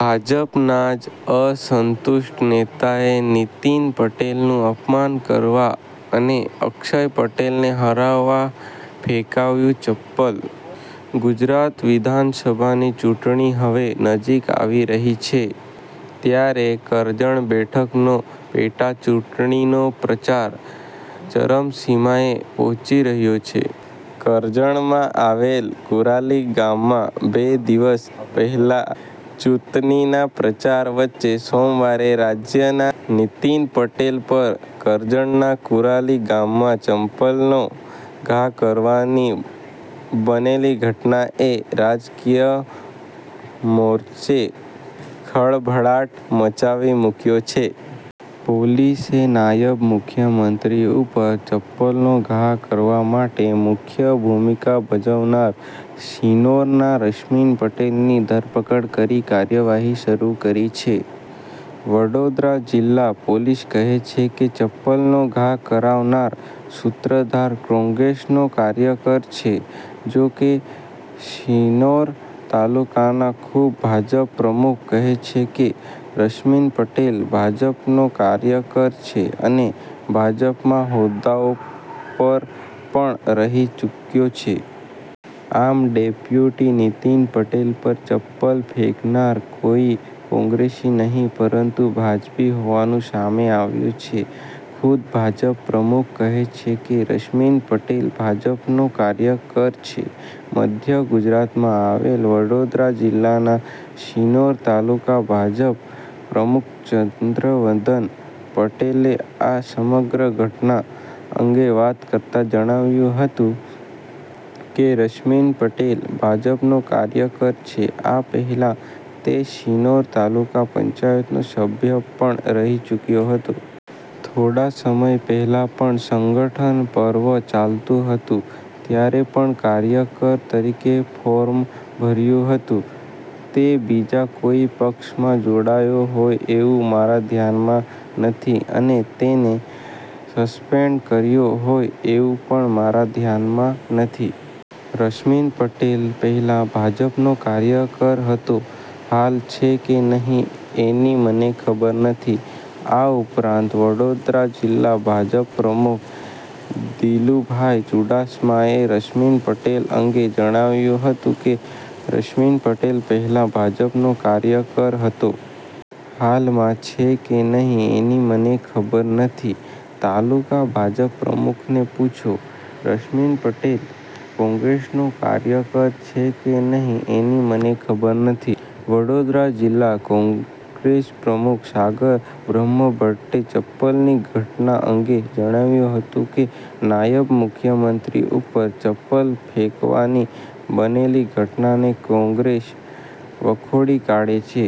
ભાજપના જ અસંતુષ્ટ નેતાએ નીતિન પટેલનું અપમાન કરવા અને અક્ષય પટેલને હરાવવા ફેંકાવ્યુ ચપ્પલ. ગુજરાત વિધાનસભાની ચુંટણી હવે નજીક આવી રહી છે. ત્યારે કરજણ બેઠકનો પેટાચૂંટણીનો પ્રચાર ચરમસીમાએ પહોંચી રહ્યો છે. કરજણમાં આવેલ કુરાલી ગામમાં બે દિવસ પહેલાં ચુત્નીના પ્રચાર વચ્ચે સોમવારે રાજ્યના નીતિન પટેલ પર કરજણના કુરાલી ગામમાં ચપ્પલનો ઘા કરવાની બનેલી ઘટનાએ રાજકીય મોરચે ખળભળાટ મચાવી મૂક્યો છે. પોલીસે નાયબ મુખ્યમંત્રી ઉપર ચપ્પલનો ઘા કરવા માટે મુખ્ય ભૂમિકા ભજવનાર શિનોરના રશ્મિન પટેલની ધરપકડ કરી કાર્યવાહી શરૂ કરી છે. વડોદરા જિલ્લા પોલીસ કહે છે કે ચપ્પલનો ઘા કરાવનાર સૂત્રધાર કોંગ્રેસનો કાર્યકર છે, જોકે, શિનોર તાલુકાના ખુદ ભાજપ-પ્રમુખ કહે છે કે, રશ્મિન પટેલ ભાજપનો કાર્યકર છે અને ભાજપમાં હોદ્દાઓ પર પણ રહી ચૂક્યો છે. આમ, ડેપ્યુટી નીતિન પટેલ પર ચપ્પલ ફેંકનાર કોઈ કોગ્રેસી નહિ પરંતુ ભાજપી હોવાનું સામે આવ્યું છે. ખુદ ભાજપ-પ્રમુખ કહે છે કે, રશ્મિન પટેલ ભાજપનો કાર્યકર છે. મધ્ય ગુજરાતમાં આવેલ વડોદરા જીલ્લાના શિનોર તાલુકા ભાજપ-પ્રમુખ ચંદ્રવદન પટેલે આ સમગ્ર ઘટના અંગે વાત કરતા જણાવ્યું હતું કે, રશ્મિન પટેલ ભાજપનો કાર્યકર છે, આ પહેલા તે શિનોર તાલુકા પંચાયતનો સભ્ય પણ રહી ચુક્યો હતો. થોડા સમય પહેલા પણ સંગઠન પર્વ ચાલતું હતું ત્યારે પણ કાર્યકર તરીકે ફોર્મ ભર્યું હતું. તે બીજા કોઇ પક્ષમાં જોડાયો હોય એવું મારા ધ્યાનમાં નથી અને તેને સસ્પેન્ડ કર્યો હોય એવું પણ મારા ધ્યાનમાં નથી. રશ્મિન પટેલ પહેલાં ભાજપનો કાર્યકર હતો, હાલ છે કે નહીં એની મને ખબર નથી. આ ઉપરાંત, વડોદરા જિલ્લા ભાજપ-પ્રમુખ દિલુભા ચૂડાસમાએ રશ્મિન પટેલ અંગે જણાવ્યું હતું કે રશ્મિન પટેલ પહેલાં ભાજપનો કાર્યકર હતો. હાલમાં છે કે નહીં એની મને ખબર નથી. તાલુકા ભાજપ-પ્રમુખને પૂછો. રશ્મિન પટેલ કોંગ્રેસનો કાર્યકર છે કે નહીં એની મને ખબર નથી વડોદરા જિલ્લા કોંગ્રેસપ્રમુખ સાગર બ્રહ્મભટ્ટે ચપ્પલની ઘટના અંગે જણાવ્યું હતું કે, નાયબ મુખ્યમંત્રી ઉપર ચપ્પલ ફેંકવાની બનેલી ઘટનાને કોંગ્રેસ વખોડી કાઢે છે.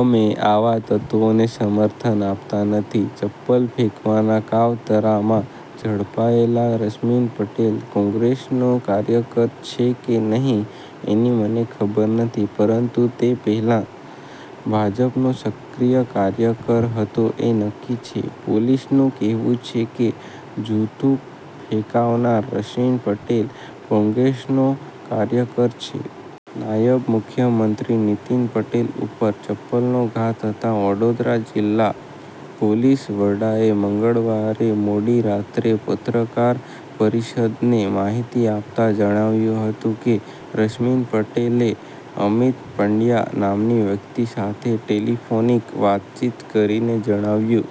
અમે આવાં તત્ત્વોને સમર્થન આપતા નથી. ચપ્પલ ફેંકવાના કાવતરામાં ઝડપાયેલા રશ્મિન પટેલ કોંગ્રેસનો કાર્યકર છે કે, નહીં એની મને ખબર નથી, પરંતુ તે પહેલાં ભાજપનો સક્રિય કાર્યકર હતો એ નક્કી છે. પોલીસનું કહેવું છે કે, જૂતું ફેંકાવનાર રશ્મિન પટેલ કોંગ્રેસનો કાર્યકર છે. નાયબ મુખ્યમંત્રી નીતિન પટેલ ઉપર ચપ્પલનો ઘા થતાં વડોદરા જિલ્લા પોલીસવડાએ મંગળવારે મોડી રાત્રે પત્રકાર પરિષદને માહિતી આપતાં જણાવ્યું હતું કે રશ્મિન પટેલે અમિત પંડ્યા નામની વ્યક્તિ સાથે ટેલિફોનિક વાતચીત કરીને જણાવ્યું